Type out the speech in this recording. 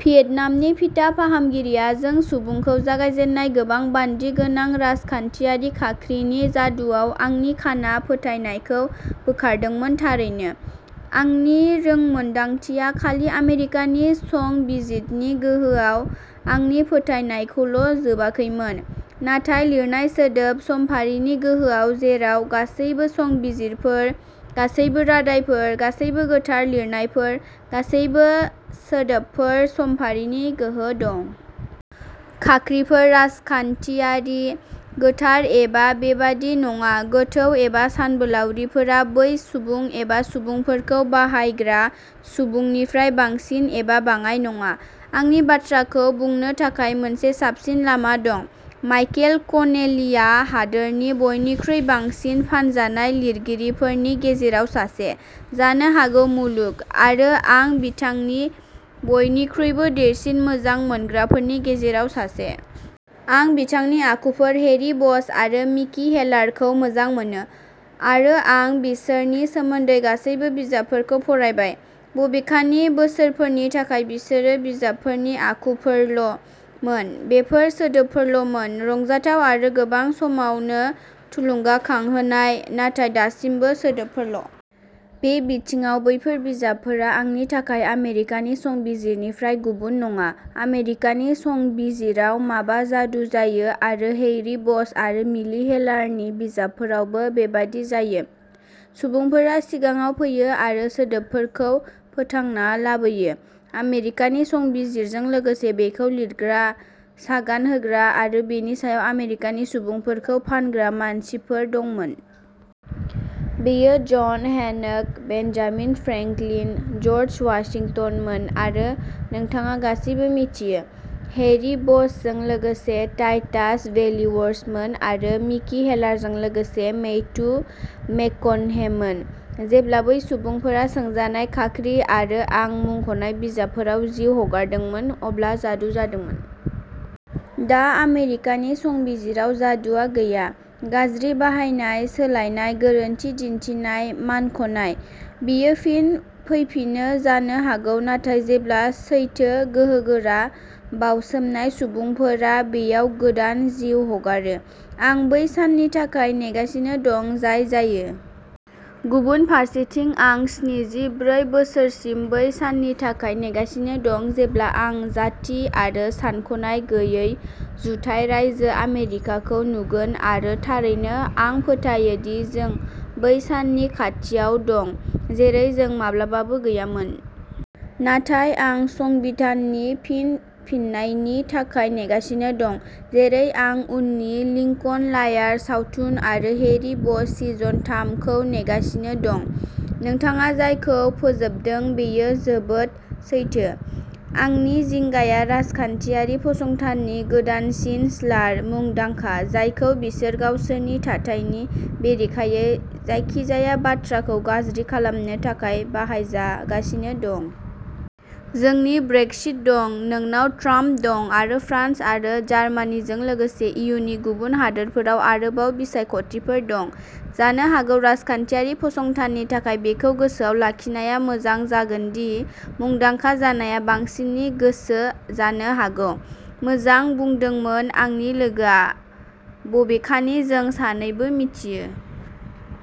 भियेतनामनि भिटा फाहामगिरिया "जों सुबुं" खौ जागायजेन्नाय गोबां बान्दि गोनां राजखान्थियारि खाख्रिनि जादुआव आंनि खाना फोथायनायखौ बोखारदोंमोन थारैनो, आंनि रोंमोनदांथिया खालि आमेरिकानि संबिजिदनि गोहोआव आंनि फोथायनायखौल' जोबाखैमोन, नाथाय लिरनाय सोदोब, समफारिनि गोहोआव जेराव गासैबो संबिजिरफोर, गासैबो रादायफोर, गासैबो गोथार लिरनायफोर, गासैबो सोदोबफोर समफारिनि गोहो दं। खाख्रिफोर, राजखान्थियारि, गोथार एबा बेबादि नङा, गोथौ एबा सानबोलावरिफोरा बै सुबुं एबा सुबुंफोरखौ बाहायग्रा सुबुंनिफ्राय बांसिन एबा बाङाइ नङा। आंनि बाथ्राखौ बुंनो थाखाय मोनसे साबसिन लामा दं। माइकेल कनेलिआ हादोरनि बयनिख्रुइ बांसिन फानजानाय लिरगिरिफोरनि गेजेराव सासे, जानो हागौ मुलुग, आरो आं बिथांनि बयनिख्रुइबो देरसिन मोजां मोनग्राफोरनि गेजेराव सासे। आं बिथांनि आखुफोर हेरी बश आरो मिकी हेलारखौ मोजां मोनो, आरो आं बिसोरनि सोमोन्दै गासैबो बिजाबफोरखौ फरायबाय। बबेखानि, बोसोरफोरनि थाखाय बिसोरो बिजाबफोरनि आखुफोरल'मोन बेफोर सोदोबफोरल'मोनः रंजाथाव आरो गोबां समावनो थुलुंगाखांहोनाय, नाथाय दासिमबो, सोदोबफोरल'। बे बिथिङाव, बैफोर बिजाबफोरा आंनि थाखाय आमेरिकानि संबिजिरनिफ्राय गुबुन नङा। आमेरिकानि संबिजिराव माबा जादु जायो आरो हैरी बश आरो मिकी हेलारनि बिजाबफोरावबो बेबादि जायो। सुबुंफोरा सिगाङाव फैयो आरो सोदोबफोरखौ फोथांना लाबोयो। आमेरिकानि संबिजिरजों लोगोसे बेखौ लिरग्रा, सागान होग्रा आरो बेनि सायाव आमेरिकानि सुबुंफोरखौ फानग्रा मानसिफोर दंमोन। बेयो John Hancock, Benjamin Franklin, George वाशिंटनमोन आरो नोंथाङा गासिबो मिथियो। हैरी बशजों लोगोसे टाइटास वेलिवरमोन आरो मिकी हेलारजों लोगोसे मैथ्यू मेककनहेमोन। जेब्ला बै सुबुंफोरा सोंजानाय खाख्रि आरो आं मुंख'नाय बिजाबफोराव जिउ हगारदोंमोन, अब्ला जादु जादोंमोन। दा, आमेरिकानि संबिजिराव जादुआ गैया। गाज्रि बाहायनाय, सोलाइनाय, गोरोन्थि दिन्थिनाय, मानख'नाय। बेयो फिन फैफिनो जानो हागौ नाथाय जेब्ला सैथो, गोहोगोरा, बाउसोमनाय सुबुंफोरा बेयाव गोदान जिउ हगारो। आं बै साननि थाखाय नेगासिनो दं जाय जायो। गुबुन फारसेथिं, आं स्निजि ब्रै बोसोरसिम बै साननि थाखाय नेगासिनो दं जेब्ला आं जाथि आरो सानख'नाय गैयै जुथाइ रायजो आमेरिकाखौ नुगोन आरो थारैनो, आं फोथायो दि जों बै साननि खाथियाव दं, जेरै जों माब्लाबाबो गैयामोन। नाथाय आं संबिधाननि फिनफिननायनि थाखाय नेगासिनो दं, जेरै आं उननि लिंकन लायार सावथुन आरो हैरी बश सिजन थाम खौ नेगासिनो दं। नोंथाङा जायखौ फोजोबदों बेयो जोबोद सैथो। आंनि जिंगाया राजखान्थियारि फसंथाननि गोदानसिन स्लार, मुंदांखा, जायखौ बिसोर गावसोरनि थाथायनि बेरेखायै जायखिजाया बाथ्राखौ गाज्रि खालामनो थाखाय बाहायजागासिनो दं। जोंनि ब्रेक्सिट दं, नोंनाव ट्राम्प दं आरो फ्रान्स आरो जार्मानिजों लोगोसे इयुनि गुबुन हादोरफोराव आरोबाव बिसायख'थिफोर दं। जानो हागौ राजखान्थियारि फसंथाननि थाखाय बेखौ गोसोआव लाखिनाया मोजां जागोन दि मुंदांखा जानाया बांसिननि गोसो जानो हागौ। मोजां बुंदोंमोन आंनि लोगोआ, बबेखानि जों सानैबो मिथियो।